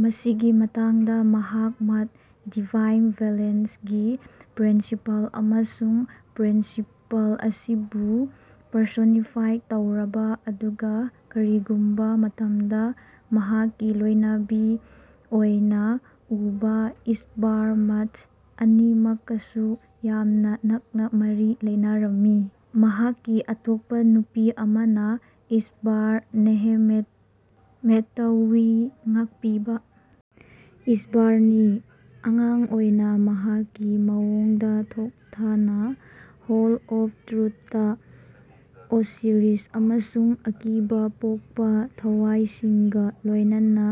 ꯃꯁꯤꯒꯤ ꯃꯇꯥꯡꯗ ꯃꯍꯥꯛ ꯃꯥꯑꯥꯠ (ꯗꯤꯚꯥꯏꯟ ꯕꯦꯂꯦꯟꯁ)ꯒꯤ ꯄ꯭ꯔꯤꯟꯁꯤꯄꯜ ꯑꯃꯁꯨꯡ ꯄ꯭ꯔꯤꯟꯁꯤꯄꯜ ꯑꯁꯤꯕꯨ ꯄꯔꯁꯣꯅꯤꯐꯥꯏ ꯇꯧꯔꯕꯥ ꯑꯗꯨꯒꯥ ꯀꯔꯤꯒꯨꯝꯕꯥ ꯃꯇꯃꯗꯥ ꯃꯍꯥꯛꯀꯤ ꯂꯣꯏꯅꯕꯤ ꯑꯣꯏꯅꯥ ꯎꯕ ꯏꯁ꯭ꯕꯔ ꯃꯥꯑꯥꯠ ꯑꯅꯤꯃꯛꯀꯥꯁꯨ ꯌꯥꯝꯅꯥ ꯅꯛꯅꯥ ꯃꯔꯤ ꯂꯩꯅꯔꯝꯃꯤ꯫ ꯃꯍꯥꯛꯀꯤ ꯑꯇꯣꯞꯄꯥ ꯅꯨꯄꯤ ꯑꯃꯅꯥ ꯏꯁ꯭ꯕꯔ ꯅꯦꯍꯦꯃꯦꯇꯥꯋꯤ ꯉꯥꯛꯄꯤꯕꯥ ꯏꯁ꯭ꯕꯔꯅꯤ꯫ꯑꯉꯥꯟ ꯑꯣꯏꯅꯥ ꯃꯍꯥꯛꯀꯤ ꯃꯑꯣꯡꯗꯥ ꯊꯣꯊꯅꯥ ꯍꯣꯜ ꯑꯣꯐ ꯇ꯭ꯔꯨꯊꯇꯥ ꯑꯣꯁꯤꯔꯤꯁ ꯑꯃꯁꯨꯡ ꯑꯀꯤꯕꯥ ꯄꯣꯛꯄꯥ ꯊꯋꯥꯏꯁꯤꯡꯒꯥ ꯂꯣꯏꯅꯅꯥ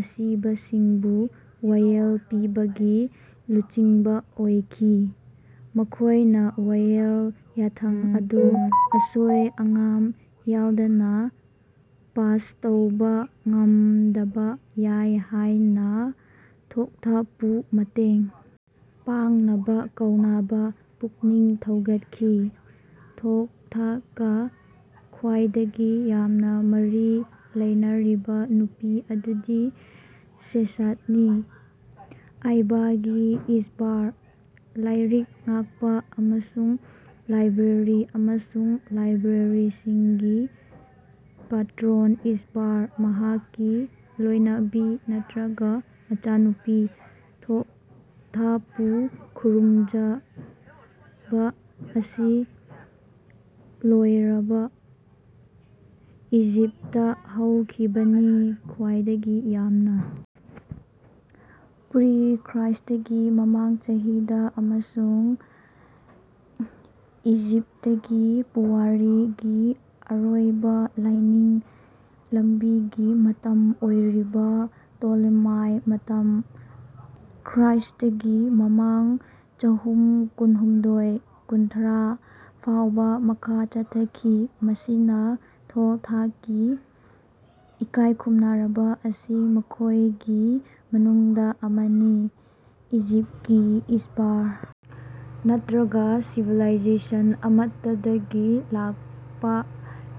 ꯑꯁꯤꯕꯁꯤꯡꯕꯨ ꯋꯥꯌꯦꯜ ꯄꯤꯕꯒꯤ ꯂꯨꯆꯤꯡꯕꯥ ꯑꯣꯏꯈꯤ꯫ ꯃꯈꯣꯏꯅꯥ ꯋꯥꯌꯦꯜ ꯌꯥꯊꯪ ꯑꯗꯨ ꯑꯁꯣꯏ ꯑꯉꯥꯝ ꯌꯥꯎꯗꯅꯥ ꯄꯥꯁ ꯇꯧꯕꯥ ꯉꯝꯗꯕꯥ ꯌꯥꯏ ꯍꯥꯏꯅꯥ ꯊꯣꯊꯄꯨ ꯃꯇꯦꯡ ꯄꯥꯡꯅꯕꯥ ꯀꯧꯅꯕꯥ ꯄꯨꯛꯅꯤꯡ ꯊꯧꯒꯠꯈꯤ꯫ꯊꯣꯊꯀꯥ ꯈꯋꯥꯏꯗꯒꯤ ꯌꯥꯝꯅꯥ ꯃꯔꯤ ꯂꯩꯅꯔꯤꯕꯥ ꯅꯨꯄꯤ ꯑꯗꯨꯗꯤ ꯁꯦꯁꯥꯠꯅꯤ, ꯑꯏꯕꯒꯤ ꯏꯁ꯭ꯕꯔ, ꯂꯥꯏꯔꯤꯛ ꯉꯥꯛꯄꯥ, ꯑꯃꯁꯨꯡ ꯂꯥꯏꯕ꯭ꯔꯦꯔꯤ ꯑꯃꯁꯨꯡ ꯂꯥꯏꯕ꯭ꯔꯦꯔꯤꯁꯤꯡꯒꯤ ꯄꯦꯠꯔꯣꯟ ꯏꯁ꯭ꯕꯔ, ꯃꯍꯥꯛꯀꯤ ꯂꯣꯌꯅꯕꯤ ꯅꯠꯔꯒꯥ ꯃꯆꯥꯅꯨꯄꯤ꯫ ꯊꯣꯊꯄꯨ ꯈꯨꯔꯨꯝꯖꯕꯥ ꯑꯁꯤ ꯂꯣꯌꯔꯕꯥ ꯏꯖꯤꯞꯇꯇꯥ ꯍꯧꯈꯤꯕꯅꯤ ꯈꯋꯥꯏꯗꯒꯤ ꯌꯥꯝꯅꯥ ꯄ꯭ꯔꯤ ꯈ꯭ꯔ꯭ꯏꯁ꯭ꯇꯒꯤ ꯃꯃꯥꯡ ꯆꯍꯤ ꯗꯥ ꯑꯃꯁꯨꯡ ꯏꯖꯤꯞꯇꯀꯤ ꯄꯨꯋꯥꯔꯤꯒꯤ ꯑꯔꯣꯏꯕꯥ ꯂꯥꯏꯅꯤꯡ ꯂꯝꯕꯤꯒꯤ ꯃꯇꯝ ꯑꯣꯏꯔꯤꯕꯥ ꯇꯣꯂꯦꯃꯥꯏꯛ ꯃꯇꯝ (ꯈ꯭ꯔ꯭ꯏꯁ꯭ꯇꯒꯤ ꯃꯃꯥꯡ ꯆꯥꯍꯨꯝ ꯀꯨꯟꯍꯨꯝꯗꯣꯏ - ꯀꯨꯟꯊ꯭ꯔꯥ) ꯐꯥꯎꯕꯥ ꯃꯈꯥ ꯆꯠꯊꯈꯤ, ꯃꯁꯤꯅꯥ ꯊꯣꯊꯀꯤ ꯏꯀꯥꯏꯈꯨꯃꯅꯕꯥ ꯑꯁꯤ ꯃꯈꯣꯏꯒꯤ ꯃꯅꯨꯡꯗꯥ ꯑꯃꯅꯤ꯫ ꯏꯖꯤꯞꯇꯀꯤ ꯏꯁ꯭ꯕꯔ ꯅꯠꯔꯒꯥ ꯁꯤꯚꯤꯂꯥꯏꯖꯦꯁꯟ ꯑꯃꯠꯇꯗꯒꯤ ꯂꯥꯛꯄꯥ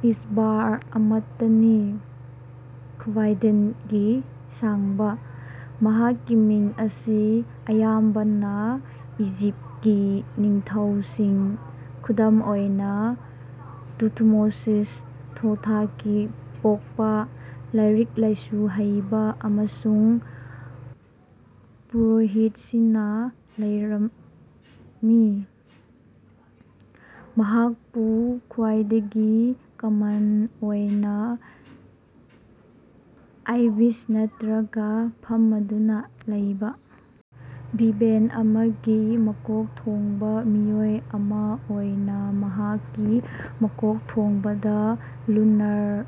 ꯏꯁ꯭ꯕꯔ ꯑꯃꯠꯇꯅꯤ ꯈ꯭ꯕꯥꯏꯗꯒꯤ ꯁꯥꯡꯕꯥ꯫ ꯃꯍꯥꯛꯀꯤ ꯃꯤꯡ ꯑꯁꯤ ꯑꯌꯥꯝꯕꯅꯥ ꯏꯖꯤꯞꯇꯀꯤ ꯅꯤꯡꯊꯧꯁꯤꯡ (ꯈꯨꯗꯝ ꯑꯣꯏꯅꯥ, ꯇꯨꯊꯃꯣꯁꯤꯁ "ꯊꯣꯊꯀꯤ ꯄꯣꯛꯄꯥ"), ꯂꯥꯏꯔꯤꯛ ꯂꯥꯏꯁꯨ ꯍꯩꯕꯥ ꯑꯃꯁꯨꯡ ꯄꯨꯔꯣꯍꯤꯠꯁꯤꯡꯅꯥ ꯂꯧꯔꯝꯃꯤ꯫ ꯃꯍꯥꯛꯄꯨ ꯈꯋꯥꯏꯗꯒꯤ ꯀꯃꯟ ꯑꯣꯏꯅꯥ ꯑꯥꯏꯕꯤꯁ ꯅꯠꯇ꯭ꯔꯒ ꯐꯃꯗꯨꯅꯥ ꯂꯩꯕꯥ ꯕꯦꯕꯟ ꯑꯃꯒꯤ ꯃꯀꯣꯛ ꯊꯣꯡꯕꯥ ꯃꯤꯑꯣꯏ ꯑꯃꯥ ꯑꯣꯏꯅ ꯃꯍꯥꯛꯀꯤ ꯃꯀꯣꯛꯊꯣꯡꯕꯗꯥ ꯂꯨꯅꯥꯔ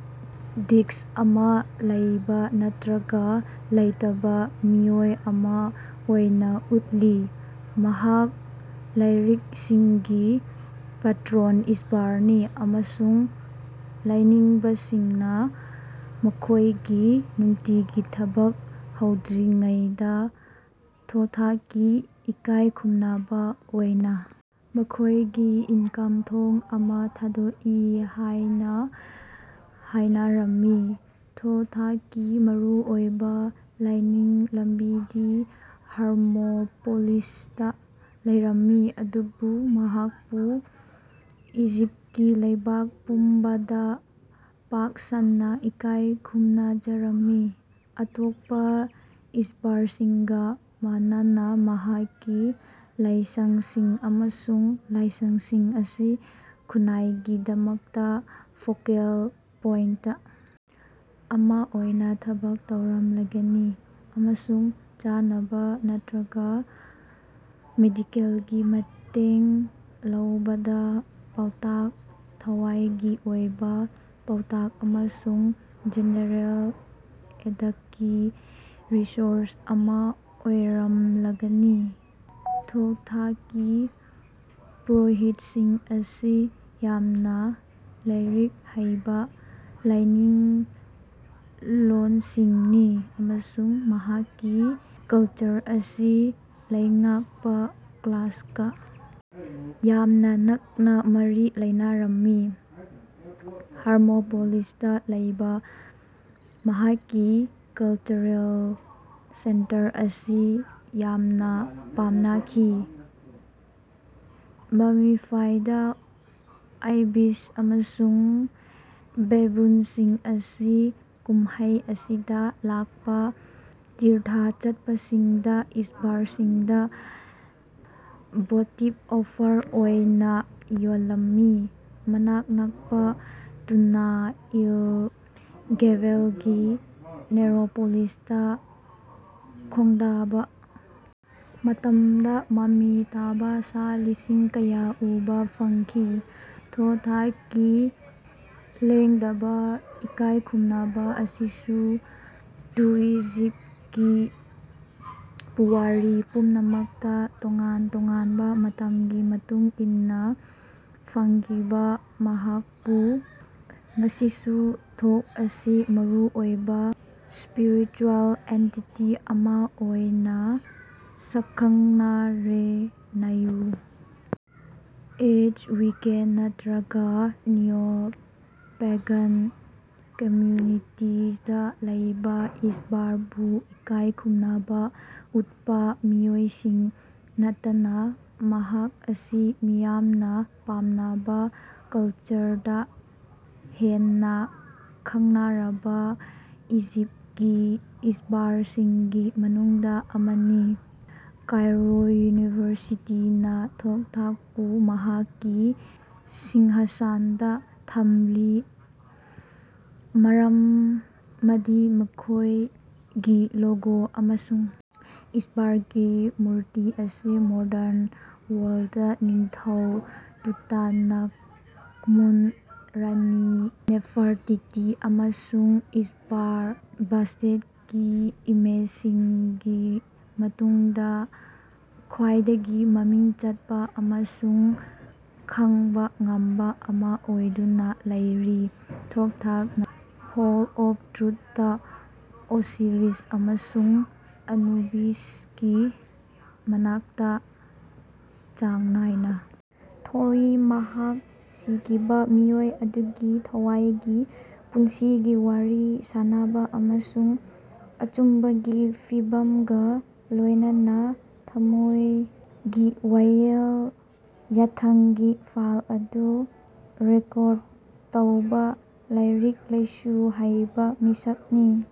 ꯗꯤꯁ꯭ꯛ ꯑꯃꯥ ꯂꯩꯕꯥ ꯅꯠꯇ꯭ꯔꯒ ꯂꯩꯇꯕꯥ ꯃꯤꯑꯣꯏ ꯑꯃꯥ ꯑꯣꯏꯅꯥ ꯎꯠꯂꯤ꯫ ꯃꯍꯥꯛ ꯂꯥꯏꯔꯤꯛꯁꯤꯡꯒꯤ ꯄꯦꯠꯔꯣꯟ ꯏꯁ꯭ꯕꯔꯅꯤ ꯑꯃꯁꯨꯡ ꯂꯥꯏꯅꯤꯡꯕꯁꯤꯡꯅꯥ ꯃꯈꯣꯏꯒꯤ ꯅꯨꯡꯇꯤꯒꯤ ꯊꯕꯛ ꯍꯧꯗ꯭ꯔꯤꯉꯩꯗꯥ ꯊꯣꯊꯀꯤ ꯏꯀꯥꯏ ꯈꯨꯝꯅꯕꯥ ꯑꯣꯏꯅꯥ ꯃꯈꯣꯌꯒꯤ ꯏꯅꯀꯝ ꯊꯣꯡ ꯑꯃ ꯊꯥꯗꯣꯛꯏ ꯍꯢꯅꯥ ꯍꯥꯢꯅꯔꯝꯃꯤ꯫ ꯊꯣꯊꯀꯤ ꯃꯔꯨꯑꯣꯏꯕꯥ ꯂꯥꯏꯅꯤꯡ ꯂꯝꯕꯤꯗꯤ ꯍꯦꯔꯃꯣꯄꯣꯂꯤꯁꯇꯥ ꯂꯩꯔꯝꯃꯤ ꯑꯗꯨꯕꯨ ꯃꯍꯥꯛꯄꯨ ꯏꯖꯤꯞꯇꯀꯤ ꯂꯩꯕꯥꯛ ꯄꯨꯝꯕꯗꯥ ꯄꯥꯛ ꯁꯟꯅꯥ ꯏꯀꯥꯏ ꯈꯨꯝꯅꯖꯔꯝꯃꯤ꯫ ꯑꯇꯣꯞꯄꯥ ꯏꯁ꯭ꯕꯔꯁꯤꯡꯒꯥ ꯃꯥꯟꯅꯅꯥ, ꯃꯍꯥꯛꯀꯤ ꯂꯥꯏꯁꯉꯁꯤꯡ ꯑꯃꯁꯨꯡ ꯂꯥꯏꯁꯉꯁꯤꯡ ꯑꯁꯤ ꯈꯨꯟꯅꯥꯏꯒꯤꯗꯃꯛꯇꯥ ꯐꯣꯀꯦꯜ ꯄꯣꯏꯟꯇ ꯑꯃꯥ ꯑꯣꯏꯅꯥ ꯊꯕꯛ ꯇꯧꯔꯝꯂꯒꯅꯤ ꯑꯃꯁꯨꯡ ꯆꯥꯅꯕꯥ ꯅꯠꯔꯒꯥ ꯃꯦꯗꯤꯀꯦꯜꯒꯤ ꯃꯇꯦꯡ ꯂꯧꯕꯗꯥ ꯄꯥꯎꯇꯥꯛ, ꯊꯋꯥꯌꯒꯤ ꯑꯣꯏꯕꯥ ꯄꯥꯎꯇꯥꯛ ꯑꯃꯁꯨꯡ ꯖꯦꯅꯔꯦꯜ ꯑꯦꯗꯀꯤ ꯔꯤꯁꯣꯔꯁ ꯑꯃꯥ ꯑꯣꯏꯔꯝꯂꯒꯅꯤ꯫ ꯊꯣꯊꯀꯤ ꯄꯨꯔꯣꯍꯤꯠꯁꯤꯡ ꯑꯁꯤ ꯌꯥꯝꯅꯥ ꯂꯥꯏꯔꯤꯛ ꯍꯩꯕꯥ ꯂꯥꯏꯅꯤꯡꯂꯣꯏꯁꯤꯡꯅꯤ ꯑꯃꯁꯨꯡ ꯃꯍꯥꯛꯀꯤ ꯀꯂꯆꯔ ꯑꯁꯤ ꯂꯩꯉꯥꯛꯄꯥ ꯀ꯭ꯂꯥꯁꯀꯥ ꯌꯥꯝꯅꯥ ꯅꯛꯅꯥ ꯃꯔꯤ ꯂꯩꯅꯔꯝꯃꯤ꯫ ꯍꯔꯃꯣꯄꯣꯂꯤꯁꯇꯥ ꯂꯩꯕꯥ ꯃꯍꯥꯛꯀꯤ ꯀꯂꯆꯔꯦꯜ ꯁꯦꯟꯇꯔ ꯑꯁꯤ ꯌꯥꯝꯅꯥ ꯄꯥꯝꯅꯈꯤ꯫ ꯃꯃꯤꯐꯥꯏꯗ ꯑꯥꯏꯕꯤꯁ ꯑꯃꯁꯨꯡ ꯕꯦꯕꯨꯅꯁꯤꯡ ꯑꯁꯤ ꯀꯨꯝꯃꯩ ꯑꯁꯤꯗꯥ ꯂꯥꯛꯄꯥ ꯇꯤꯔꯊ ꯆꯠꯄꯁꯤꯡꯗꯥ ꯏꯁ꯭ꯕꯔꯁꯤꯡꯗꯥ ꯚꯣꯇꯤꯕ ꯑꯣꯐꯔ ꯑꯣꯏꯅꯥ ꯌꯣꯜꯂꯝꯃꯤ꯫ ꯃꯅꯥꯛ ꯅꯀꯄꯥ ꯇꯨꯅꯥ ꯑꯦꯜ-ꯒꯦꯕꯦꯜꯒꯤ ꯅꯦꯛꯔꯣꯄꯣꯂꯤꯁꯇꯥ ꯈꯣꯡꯗꯥꯕꯥ ꯃꯇꯃꯗꯥ ꯃꯃꯤ ꯇꯥꯕꯥ ꯁꯥ ꯂꯤꯁꯤꯡ ꯀꯌꯥ ꯎꯕꯥ ꯐꯪꯈꯤ꯫ ꯊꯣꯊꯀꯤ ꯂꯦꯡꯗꯕꯥ ꯏꯀꯥꯏ ꯈꯨꯝꯅꯕꯥ ꯑꯁꯤꯁꯨ ꯇꯨꯏꯖꯤꯞꯇꯀꯤ ꯄꯨꯋꯥꯔꯤ ꯄꯨꯝꯅꯃꯛꯇꯥ ꯇꯣꯉꯥꯟ ꯇꯣꯉꯥꯅꯕꯥ ꯃꯇꯝꯒꯤ ꯃꯇꯨꯡ ꯏꯟꯅꯥ ꯐꯪꯈꯤꯕꯥ ꯃꯍꯥꯛꯄꯨ꯫ ꯉꯁꯤꯁꯨ ꯊꯣꯠ ꯑꯁꯤ ꯃꯔꯨꯑꯣꯏꯕꯥ ꯁ꯭ꯄꯤꯔꯤꯆꯨꯑꯦꯜ ꯑꯦꯟꯇꯤꯇꯤ ꯑꯃꯥ ꯑꯣꯏꯅꯥ ꯁꯛꯈꯪꯅꯔꯦ꯫ ꯅ꯭ꯌꯨ ꯑꯦꯖ, ꯋꯤꯀꯥꯟ ꯅꯠꯔꯒꯥ ꯅꯤꯑꯣ-ꯄꯦꯒꯥꯟ ꯀꯝꯌꯨꯅꯤꯇꯤꯁꯤꯡꯗꯥ ꯂꯩꯕꯥ ꯏꯁ꯭ꯕꯔꯕꯨ ꯏꯀꯥꯌ ꯈꯨꯝꯅꯕꯥ ꯎꯠꯄꯥ ꯃꯤꯑꯣꯏꯁꯤꯡ ꯅꯠꯇꯅꯥ ꯃꯍꯥꯛ ꯑꯁꯤ ꯃꯤꯌꯥꯝꯅꯥ ꯄꯥꯝꯅꯕꯥ ꯀꯂꯆꯔꯗꯥ ꯍꯦꯟꯅꯥ ꯈꯪꯅꯔꯕꯥ ꯏꯖꯤꯞꯇꯀꯤ ꯏꯁ꯭ꯕꯔꯁꯤꯡꯒꯤ ꯃꯅꯨꯡꯗꯥ ꯑꯃꯅꯤ꯫ ꯀꯥꯏꯔꯣ ꯌꯨꯅꯤꯚꯔꯁꯤꯇꯤꯅꯥ ꯊꯣꯊꯄꯨ ꯃꯍꯥꯛꯀꯤ ꯁꯤꯡꯍꯥꯁꯟꯗꯥ ꯊꯝꯂꯤ ꯃꯔꯝꯗꯤ ꯃꯈꯣꯌꯒꯤ ꯂꯣꯒꯣ ꯑꯃꯁꯨꯡ ꯏꯁ꯭ꯕꯔꯒꯤ ꯃꯨꯔꯇꯤ ꯑꯁꯤ ꯃꯣꯗꯔꯟ ꯋꯥꯔꯜꯗꯇꯥ ꯅꯤꯡꯊꯧ ꯇꯨꯇꯥꯅꯈꯥꯃꯨꯟ, ꯔꯥꯅꯤ ꯅꯦꯐꯦꯔꯇꯤꯇꯤ ꯑꯃꯁꯨꯡ ꯏꯁ꯭ꯕꯔ ꯕꯥꯁ꯭ꯇꯦꯠꯀꯤ ꯏꯃꯦꯖꯁꯤꯡꯒꯤ ꯃꯇꯨꯡꯗꯥ ꯈ꯭ꯋꯥꯏꯗꯒꯤ ꯃꯃꯤꯡ ꯆꯠꯄꯥ ꯑꯃꯁꯨꯡ ꯈꯉꯕꯥ ꯉꯝꯕꯥ ꯑꯃꯥ ꯑꯣꯏꯗꯨꯅꯥ ꯂꯩꯔꯤ꯫ ꯊꯣꯊꯅꯥ ꯍꯣꯜ ꯑꯣꯐ ꯇ꯭ꯔꯨꯊꯇꯥ ꯑꯣꯁꯤꯔꯤꯁ ꯑꯃꯁꯨꯡ ꯑꯅꯨꯕꯤꯁꯀꯤ ꯃꯅꯥꯛꯇ ꯆꯥꯡ ꯅꯥꯏꯅ ꯊꯣꯏ, ꯃꯍꯥꯛ ꯁꯤꯈꯤꯕꯥ ꯃꯤꯑꯣꯏ ꯑꯗꯨꯒꯤ ꯊꯋꯥꯏꯒꯤ ꯄꯨꯟꯁꯤꯒꯤ ꯋꯥꯔꯤ ꯁꯥꯅꯕ ꯑꯃꯁꯨꯡ ꯑꯆꯨꯝꯕꯒꯤ ꯐꯤꯕꯝꯒꯥ ꯂꯣꯌꯅꯅꯥ ꯊꯝꯃꯣꯏꯒꯤ ꯋꯥꯌꯦꯜ ꯌꯥꯊꯪꯒꯤ ꯐꯜ ꯑꯗꯨ ꯔꯦꯀꯣꯔꯗ ꯇꯧꯕꯥ ꯂꯥꯏꯔꯤꯛ ꯂꯥꯏꯁꯨ ꯍꯩꯕꯥ ꯃꯤꯁꯛ ꯅꯤ꯫